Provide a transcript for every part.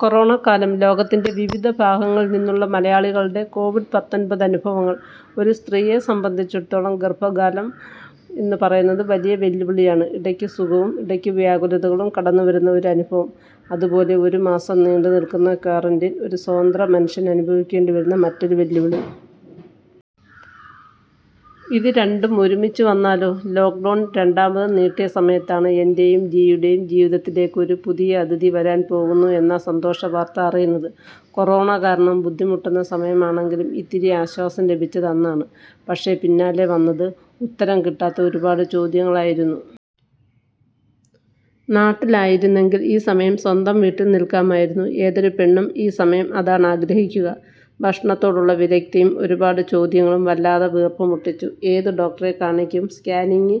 കൊറോണക്കാലം ലോകത്തിന്റെ വിവിധ ഭാഗങ്ങളില്നിന്നുള്ള മലയാളികളുടെ കൊവിഡ് പത്തൊമ്പത് അനുഫവങ്ങൾ. ഒരു സ്ത്രീയെ സംബന്ധിച്ചിടത്തോളം ഗര്‍ഭകാലം എന്ന് പറയുന്നത് വലിയ വെല്ലുവിളിയാണ്. ഇടയ്ക്ക് സുഖവും ഇടയ്ക്ക് വ്യാകുലതകളും കടന്നുവരുന്ന ഒരു അനുഫവം. അതുപോലെ ഒരു മാസം നീണ്ടുനില്‍ക്കുന്ന ക്വാറന്റീൻ ഒരു സ്വതന്ത്ര മനുഷ്യൻ അനുഭവിക്കേണ്ടി വരുന്ന മറ്റൊരു വെല്ലുവിളി. ഇത് രണ്ടും ഒരുമിച്ച് വന്നാലോ? ലോക്ക്ഡൗൺ രണ്ടാമതും നീട്ടിയ സമയത്താണ് എന്‍റെയും ജിയുടെയും ജീവിതത്തിലേക്ക് ഒരു പുതിയ അതിഥി വരാന്‍ പോവുന്നു എന്ന സന്തോഷ വാര്‍ത്ത അറിയുന്നത്. കൊറോണ കാരണം ബുദ്ധിമുട്ടുന്ന സമയമാണെങ്കിൽ ഇത്തിരി ആശ്വാസം ലഭിച്ചത് അന്നാണ്. പക്ഷേ പിന്നാലെ വന്നത് ഉത്തരം കിട്ടാത്ത ഒരുപാട് ചോദ്യങ്ങള്‍ ആയിരുന്നു. നാട്ടില്‍ ആയിരുന്നെങ്കില്‍ ഈ സമയം സ്വന്തം വീട്ടില്‍ നില്‍ക്കാമായിരുന്നു. ഏതൊരു പെണ്ണും ഈ സമയം അതാണ് ആഗ്രഹിക്കുക. ഭക്ഷണത്തോടുള്ള വിരക്തിയും ഒരുപാട് ചോദ്യങ്ങളും വല്ലാതെ വീര്പ്പുമുട്ടിച്ചു. ഏത് ഡോക്ടറെ കാണിക്കും, സ്കാനിംഗ്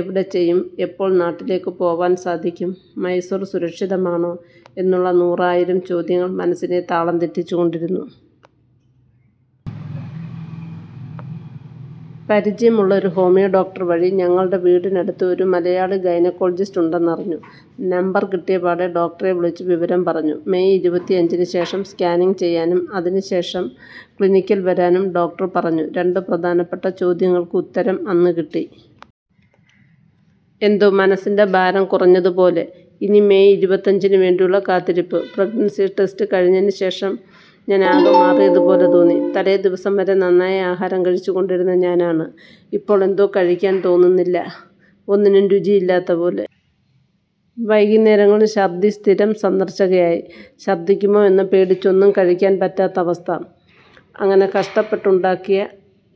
എവിടെ ചെയ്യും, എപ്പോള്‍ നാട്ടിലേക്ക് പോവാന്‍ സാധിക്കും, മൈസൂര്‍ സുരക്ഷിതമാണോ എന്നുള്ള നൂറായിരം ചോദ്യങ്ങള്‍ മനസ്സിനെ താളം തെറ്റിച്ചു കൊണ്ടിരുന്നു. പരിചയമുള്ള ഒരു ഹോമിയോ ഡോക്ടര്‍ വഴി ഞങ്ങളുടെ വീടിനു അടുത്ത് ഒരു മലയാളി ഗൈനക്കോളജിസ്റ്റ് ഉണ്ടെന്ന് അറിഞ്ഞു. നമ്പര്‍ കിട്ടിയപാടെ ഡോക്ടറെ വിളിച്ച് വിവരം പറഞ്ഞു. മെയ് ഇരുപത്തിഅഞ്ചിനു ശേഷം സ്കാനിംഗ് ചെയ്യാനും അതിനുശേഷം ക്ലിനിക്കില്‍ വരാനും ഡോക്ടര്‍ പറഞ്ഞു. രണ്ടു പ്രധാനപ്പെട്ട ചോദ്യങ്ങള്‍ക്ക് ഉത്തരം അന്ന് കിട്ടി. എന്തോ മനസ്സിന്‍റെ ഭാരം കുറഞ്ഞത് പോലെ. ഇനി മെയ് ഇരുപത്തഞ്ചിന് വേണ്ടിയുള്ള കാത്തിരിപ്പ്. പ്രഗ്നൻസീ ടെസ്റ്റ് കഴിഞ്ഞതിനു ശേഷം ഞാന്‍ ആകെ മാറിയത് പോലെ തോന്നി. തലേ ദിവസം വരെ നന്നായി ആഹാരം കഴിച്ചു കൊണ്ടിരുന്ന ഞാന്‍ ആണ്. ഇപ്പോള്‍ എന്തോ കഴിക്കാന്‍ തോന്നുന്നില്ല. ഒന്നിനും രുചി ഇല്ലാത്ത പോലെ. വൈകുന്നേരങ്ങളില്‍ ശര്‍ദ്ദി സ്ഥിരം സന്ദര്‍ശകയായി. ശര്‍ദ്ദിക്കുമോ എന്ന് പേടിച്ച് ഒന്നും കഴിക്കാന്‍ പറ്റാത്ത അവസ്ഥ. അങ്ങിനെ കഷ്ടപ്പെട്ട് ഉണ്ടാക്കിയ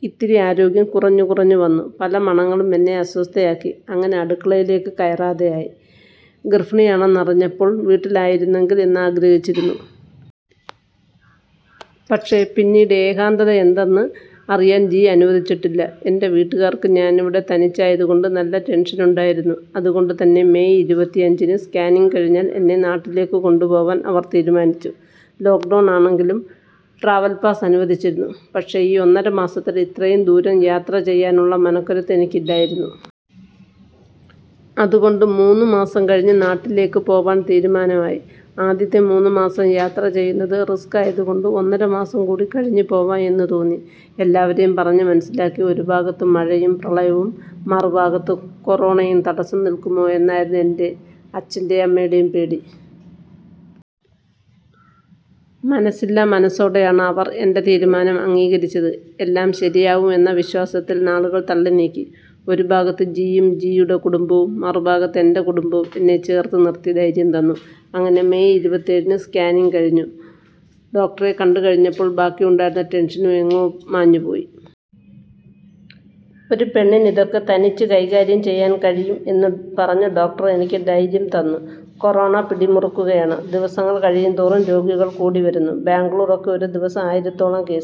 ഇത്തിരി ആരോഗ്യം കുറഞ്ഞു കുറഞ്ഞു വന്നു. പല മണങ്ങളും എന്നെ അസ്വസ്ഥയാക്കി. അങ്ങിനെ അടുക്കളയിലേക്ക് കയറാതെ ആയി. ഗര്‍ഫിണി ആണെന്ന് അറിഞ്ഞപ്പോള്‍ വീട്ടില്‍ ആയിരുന്നെങ്കില്‍ എന്ന് ആഗ്രഹിച്ചിരുന്നു. പക്ഷേ പിന്നീട് ഏകാന്തത എന്തെന്ന് അറിയാന്‍ ജി അനുവദിച്ചിട്ടില്ല. എന്‍റെ വീട്ടുകാര്‍ക്ക് ഞാനിവിടെ തനിച്ചായത് കൊണ്ട് നല്ല ടെന്‍ഷന്‍ ഉണ്ടായിരുന്നു. അതുകൊണ്ട് തന്നെ മെയ് ഇരുപത്തിഅഞ്ചിനു സ്കാനിംഗ് കഴിഞ്ഞാല്‍ എന്നെ നാട്ടിലേക്ക് കൊണ്ടു പോവാന്‍ അവര്‍ തീരുമാനിച്ചു. ലോക്ക്ഡൗൺ ആണെങ്കിലും ട്രാവല്‍ പാസ് അനുവദിച്ചിരുന്നു. പക്ഷേ ഈ ഒന്നര മാസത്തില്‍ ഇത്രയും ദൂരം യാത്ര ചെയ്യാന്‍ ഉള്ള മനക്കരുത്ത് എനിക്ക് ഇല്ലായിരുന്നു. അതുകൊണ്ട് മൂന്ന്മാസം കഴിഞ്ഞ് നാട്ടിലേക്ക് പോവാന്‍ തീരുമാനം ആയി. ആദ്യത്തെ മൂന്ന് മാസം യാത്ര ചെയ്യുന്നത് റിസ്ക് ആയത് കൊണ്ട് ഒന്നര മാസം കൂടി കഴിഞ്ഞ് പോവാം എന്ന് തോന്നി. എല്ലാവരെയും പറഞ്ഞ് മനസ്സിലാക്കി. ഒരു ഭാഗത്ത് മഴയും പ്രളയവും മറുഭാഗത്ത് കൊറോണയും തടസം നില്‍ക്കുമോ എന്നായിരുന്നു എന്‍റെ അച്ചന്‍റെയും അമ്മയുടെയും പേടി. മനസ്സില്ലാമനസ്സോടെ ആണ് അവര്‍ എന്‍റെ തീരുമാനം അംഗീകരിച്ചത്. എല്ലാം ശരിയാവും എന്ന വിശ്വാസത്തില്‍ നാളുകള്‍ തള്ളി നീക്കി. ഒരു ഭാഗത്ത് ജിയും ജിയുടെ കുടുംബവും മറുഭാഗത്ത് എന്‍റെ കുടുംബവും എന്നെ ചേര്‍ത്ത് നിര്‍ത്തി ധൈര്യം തന്നു. അങ്ങിനെ മെയ് ഇരുപത്തിഏഴിന് സ്കാനിങ് കഴിഞ്ഞു. ഡോക്ടറെ കണ്ടുകഴിഞ്ഞപ്പോൾ ബാക്കി ഉണ്ടായിരുന്ന ടെന്‍ഷനും എങ്ങോ മാഞ്ഞു പോയി. ഒരു പെണ്ണിന് ഇതൊക്കെ തനിച്ച് കൈകാര്യം ചെയ്യാന്‍ കഴിയും എന്ന് പറഞ്ഞ് ഡോക്ടര്‍ എനിക്ക് ധൈര്യം തന്ന്. കൊറോണ പിടി മുറുക്കുകയാണ്. ദിവസങ്ങള്‍ കഴയുംതോറും രോഗികള് കൂടി വരുന്നു. ബാംഗ്ലൂര്‍ ഒക്കെ ഒരു ദിവസം ആയിരത്തോളം കേസുകള്‍.